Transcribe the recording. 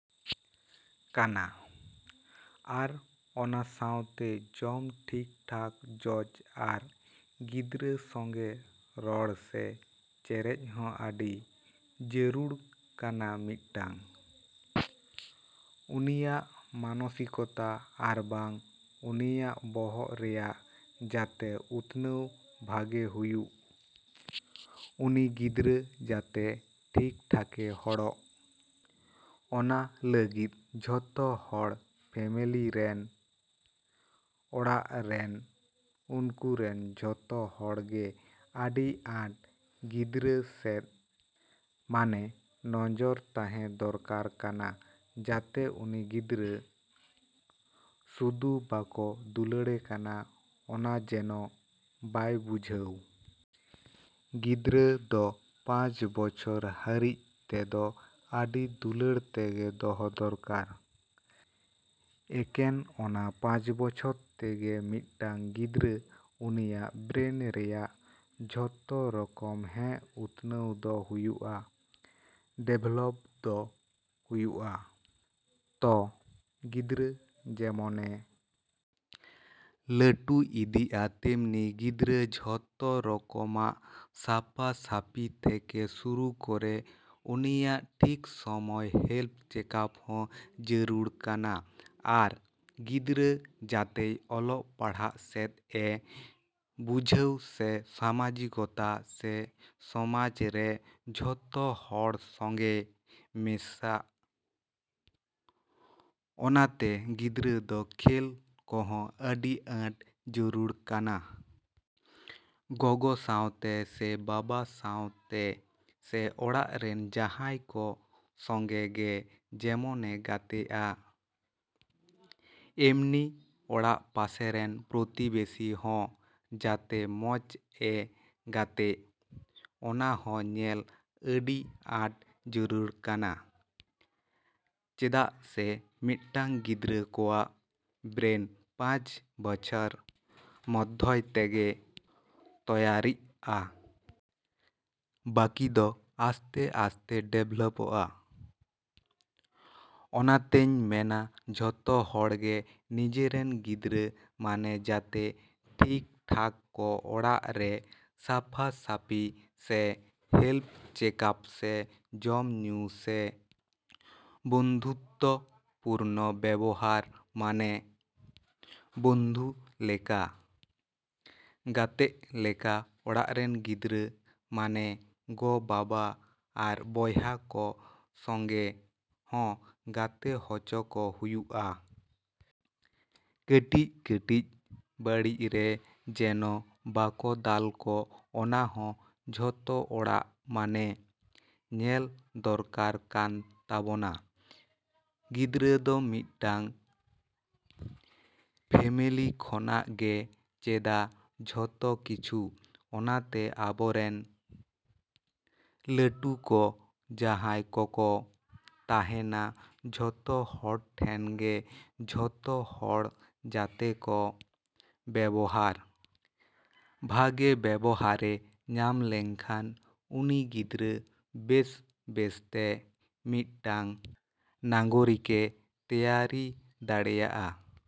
ᱠᱟᱱᱟ᱾ ᱟᱨ ᱚᱱᱟ ᱥᱟᱶᱛᱮ ᱡᱚᱢ ᱴᱷᱤᱠ ᱴᱷᱟᱠ ᱡᱚᱡ ᱟᱨ ᱜᱤᱫᱽᱨᱟᱹ ᱥᱚᱸᱜᱮ ᱨᱚᱲ ᱥᱮ ᱪᱮᱨᱮᱡ ᱦᱚᱸ ᱟᱹᱰᱤ ᱡᱟᱹᱨᱩᱲ ᱠᱟᱱᱟ ᱢᱤᱫᱴᱟᱹᱝ, ᱩᱱᱤᱭᱟᱜ ᱢᱟᱱᱚᱥᱤᱠᱛᱟ ᱟᱨᱵᱟᱝ ᱩᱱᱤᱭᱟᱜ ᱵᱚᱦᱚᱜ ᱨᱮᱭᱟᱜ ᱡᱟᱛᱮ ᱩᱛᱱᱟᱹᱣ ᱵᱷᱟᱜᱮ ᱦᱩᱭᱩᱜ, ᱩᱱᱤ ᱜᱤᱫᱽᱨᱟᱹ ᱡᱟᱛᱮ ᱴᱷᱤᱠ ᱴᱷᱟᱠᱮ ᱦᱚᱲᱚᱜ, ᱚᱱᱟ ᱞᱟᱹᱜᱤᱫ ᱡᱚᱛᱚ ᱦᱚᱲ ᱯᱷᱮᱢᱮᱞᱤ ᱨᱮᱱ, ᱚᱲᱟᱜ ᱨᱮᱱ ᱩᱱᱠᱩ ᱨᱮᱱ ᱡᱷᱚᱛᱚ ᱦᱚᱲ ᱜᱮ ᱟᱹᱰᱤ ᱟᱸᱴ ᱜᱤᱫᱽᱨᱟᱹ ᱥᱮᱫ ᱢᱟᱱᱮ ᱱᱚᱡᱚᱨ ᱛᱟᱦᱮᱱ ᱫᱚᱨᱠᱟᱨ ᱠᱟᱱᱟ ᱡᱟᱛᱮ ᱩᱱᱤ ᱜᱤᱫᱽᱨᱟᱹ ᱥᱩᱫᱩ ᱵᱟᱠᱚ ᱫᱩᱞᱟᱹᱲᱮ ᱠᱟᱱᱟ ᱚᱱᱟ ᱡᱮᱱᱚ ᱵᱟᱭ ᱵᱩᱡᱷᱟᱹᱣ᱾ ᱜᱤᱫᱽᱨᱟᱹ ᱫᱚ ᱯᱟᱸᱪ ᱵᱚᱪᱷᱚᱨ ᱦᱟᱹᱨᱤᱡ ᱛᱮᱫᱚ ᱟᱹᱰᱤ ᱫᱩᱞᱟᱹᱲ ᱛᱮᱜᱮ ᱫᱚᱦᱚ ᱫᱚᱨᱠᱟᱨᱟ, ᱮᱠᱮᱱ ᱚᱱᱟ ᱯᱟᱸᱪ ᱵᱚᱪᱷᱚᱨ ᱛᱮᱜᱮ ᱢᱤᱫᱴᱟᱹᱝ ᱜᱤᱫᱽᱨᱟᱹ ᱩᱱᱤᱭᱟᱜ ᱵᱨᱮᱱ ᱨᱮᱭᱟᱜ ᱡᱷᱚᱛᱚ ᱨᱚᱠᱚᱢ ᱦᱮᱸ ᱩᱛᱱᱟᱹᱣ ᱫᱚ ᱦᱩᱭᱩᱜᱼᱟ, ᱰᱮᱵᱷᱮᱞᱚᱯ ᱫᱚ ᱦᱩᱭᱩᱜᱼᱟ᱾ ᱛᱚ ᱜᱤᱫᱽᱨᱟᱹ ᱡᱮᱢᱚᱱᱮ ᱞᱟᱹᱴᱩ ᱤᱫᱤᱜᱼᱟ ᱛᱮᱢᱱᱤ ᱜᱤᱫᱽᱨᱟᱹ ᱡᱷᱚᱛᱚ ᱨᱚᱠᱚᱢᱟᱜ ᱥᱟᱯᱟ ᱥᱟᱯᱤ ᱛᱷᱮᱠᱮ ᱥᱩᱨᱩ ᱠᱚᱨᱮ ᱩᱱᱤᱭᱟᱜ ᱴᱷᱤᱠ ᱥᱚᱢᱚᱭ ᱦᱮᱞᱛᱷ ᱪᱮᱠᱟᱯ ᱦᱚᱸ ᱡᱟᱹᱨᱩᱲ ᱠᱟᱱᱟ ᱟᱨ ᱜᱤᱫᱽᱨᱟᱹ ᱡᱟᱛᱮᱭ ᱚᱞᱚᱜ ᱯᱟᱲᱦᱟᱜ ᱥᱮᱫ ᱮ ᱵᱩᱡᱷᱟᱹᱣ ᱥᱮ ᱥᱟᱢᱟᱡᱤᱠᱚᱛᱟ ᱥᱮ ᱥᱚᱢᱟᱡᱽ ᱨᱮ ᱡᱷᱚᱛᱚ ᱦᱚᱲ ᱥᱚᱸᱜᱮ ᱢᱮᱥᱟ, ᱚᱱᱟ ᱛᱮ ᱜᱤᱫᱽᱨᱟᱹ ᱫᱚ ᱠᱷᱮᱞ ᱠᱚᱦᱚᱸ ᱟᱹᱰᱤ ᱟᱸᱴ ᱡᱟᱹᱨᱩᱲ ᱠᱟᱱᱟ᱾ ᱜᱚᱜᱚ ᱥᱟᱶᱛᱮ ᱥᱮ ᱵᱟᱵᱟ ᱥᱟᱶᱛᱮ ᱥᱮ ᱚᱲᱟᱜ ᱨᱮᱱ ᱡᱟᱦᱟᱸᱭ ᱠᱚ ᱥᱚᱸᱜᱮ ᱜᱮ ᱡᱮᱢᱚᱱᱮ ᱜᱟᱛᱮᱜᱼᱟ, ᱮᱢᱱᱤ ᱚᱲᱟᱜ ᱯᱟᱥᱮ ᱨᱮᱱ ᱯᱨᱚᱛᱤᱵᱮᱥᱤ ᱦᱚᱸ ᱡᱟᱛᱮ ᱢᱚᱡᱽ ᱮ ᱜᱟᱛᱮᱜ, ᱚᱱᱟ ᱦᱚᱸ ᱧᱮᱞ ᱟᱹᱰᱤ ᱟᱸᱴ ᱡᱟᱹᱨᱩᱲ ᱠᱟᱱᱟ, ᱪᱮᱫᱟᱜ ᱥᱮ ᱢᱤᱫᱴᱟᱹᱝ ᱜᱤᱫᱽᱨᱟᱹ ᱠᱚᱣᱟᱜ ᱵᱨᱮᱱ ᱯᱟᱸᱪ ᱵᱚᱪᱷᱚᱨ ᱢᱚᱫᱷᱭᱚ ᱛᱮᱜᱮ ᱛᱚᱭᱟᱨᱤᱜᱼᱟ᱾ ᱵᱟᱠᱤ ᱫᱚ ᱟᱥᱛᱮᱼᱟᱥᱛᱮ ᱰᱮᱵᱷᱮᱞᱚᱯᱚᱜᱼᱟ, ᱚᱱᱟᱛᱮᱧ ᱢᱮᱱᱟ ᱡᱷᱚᱛᱚ ᱦᱚᱲ ᱜᱮ ᱱᱤᱡᱮᱨᱮᱱ ᱜᱤᱫᱽᱨᱟᱹ ᱢᱟᱱᱮ ᱡᱟᱛᱮ ᱴᱷᱤᱠ ᱴᱷᱟᱠ ᱠᱚ ᱚᱲᱟᱜ ᱨᱮ ᱥᱟᱯᱟ ᱥᱟᱯᱤ ᱥᱮ ᱦᱮᱞᱛᱷ ᱪᱮᱠᱟᱯ ᱥᱮ ᱡᱚᱢ ᱧᱩ ᱥᱮ ᱵᱚᱱᱫᱷᱩᱛᱛᱚ ᱯᱩᱨᱱᱚ ᱵᱮᱵᱚᱦᱟᱨ ᱢᱟᱱᱮ ᱵᱚᱱᱫᱷᱩ ᱞᱮᱠᱟ, ᱜᱟᱛᱮᱜ ᱞᱮᱠᱟ ᱚᱲᱟᱜ ᱨᱮᱱ ᱜᱤᱫᱽᱨᱟᱹ ᱢᱟᱱᱮ ᱜᱚ ᱵᱟᱵᱟ ᱟᱨ ᱵᱚᱭᱦᱟ ᱠᱚ ᱥᱚᱸᱜᱮ ᱦᱚᱸ ᱜᱟᱛᱮ ᱦᱚᱪᱚ ᱠᱚ ᱦᱩᱭᱩᱜᱼᱟ᱾ ᱠᱟᱹᱴᱤᱡᱼᱠᱟᱹᱴᱤᱡ ᱵᱟᱹᱲᱤᱡ ᱨᱮ ᱡᱮᱱᱚ ᱵᱟᱠᱚ ᱫᱟᱞ ᱠᱚ ᱚᱱᱟ ᱦᱚᱸ ᱡᱷᱚᱛᱚ ᱦᱚᱲᱟᱜ ᱢᱟᱱᱮ, ᱧᱮᱞ ᱫᱚᱨᱠᱟᱨ ᱠᱟᱱ ᱛᱟᱵᱚᱱᱟ, ᱜᱤᱫᱽᱨᱟᱹ ᱫᱚ ᱢᱤᱫᱴᱟᱹᱝ ᱯᱷᱮᱢᱮᱞᱤ ᱠᱷᱚᱱᱟᱜ ᱜᱮ ᱪᱮᱫᱟ ᱡᱚᱛᱚ ᱠᱤᱪᱷᱩ, ᱚᱱᱟ ᱛᱮ ᱟᱵᱚ ᱨᱮᱱ ᱞᱟᱹᱴᱩ ᱠᱚ ᱡᱟᱦᱟᱸᱭ ᱠᱚᱠᱚ ᱛᱟᱦᱮᱱᱟ ᱡᱷᱚᱛᱚ ᱦᱚᱲ ᱴᱷᱮᱱ ᱜᱮ ᱡᱷᱚᱛᱚ ᱦᱚᱲ ᱡᱟᱛᱮ ᱠᱚ ᱵᱮᱵᱚᱦᱟᱨ, ᱵᱷᱟᱜᱮ ᱵᱮᱵᱚᱦᱟᱨᱮ ᱧᱟᱢ ᱞᱮᱠᱷᱟᱱ ᱩᱱᱤ ᱜᱤᱫᱽᱨᱟᱹ ᱵᱮᱥ, ᱵᱮᱥ ᱛᱮ ᱢᱤᱫᱴᱟᱹᱝ ᱱᱟᱜᱚᱨᱤᱠᱮ ᱛᱚᱭᱟᱨᱤ ᱫᱟᱲᱮᱭᱟᱜᱼᱟ᱾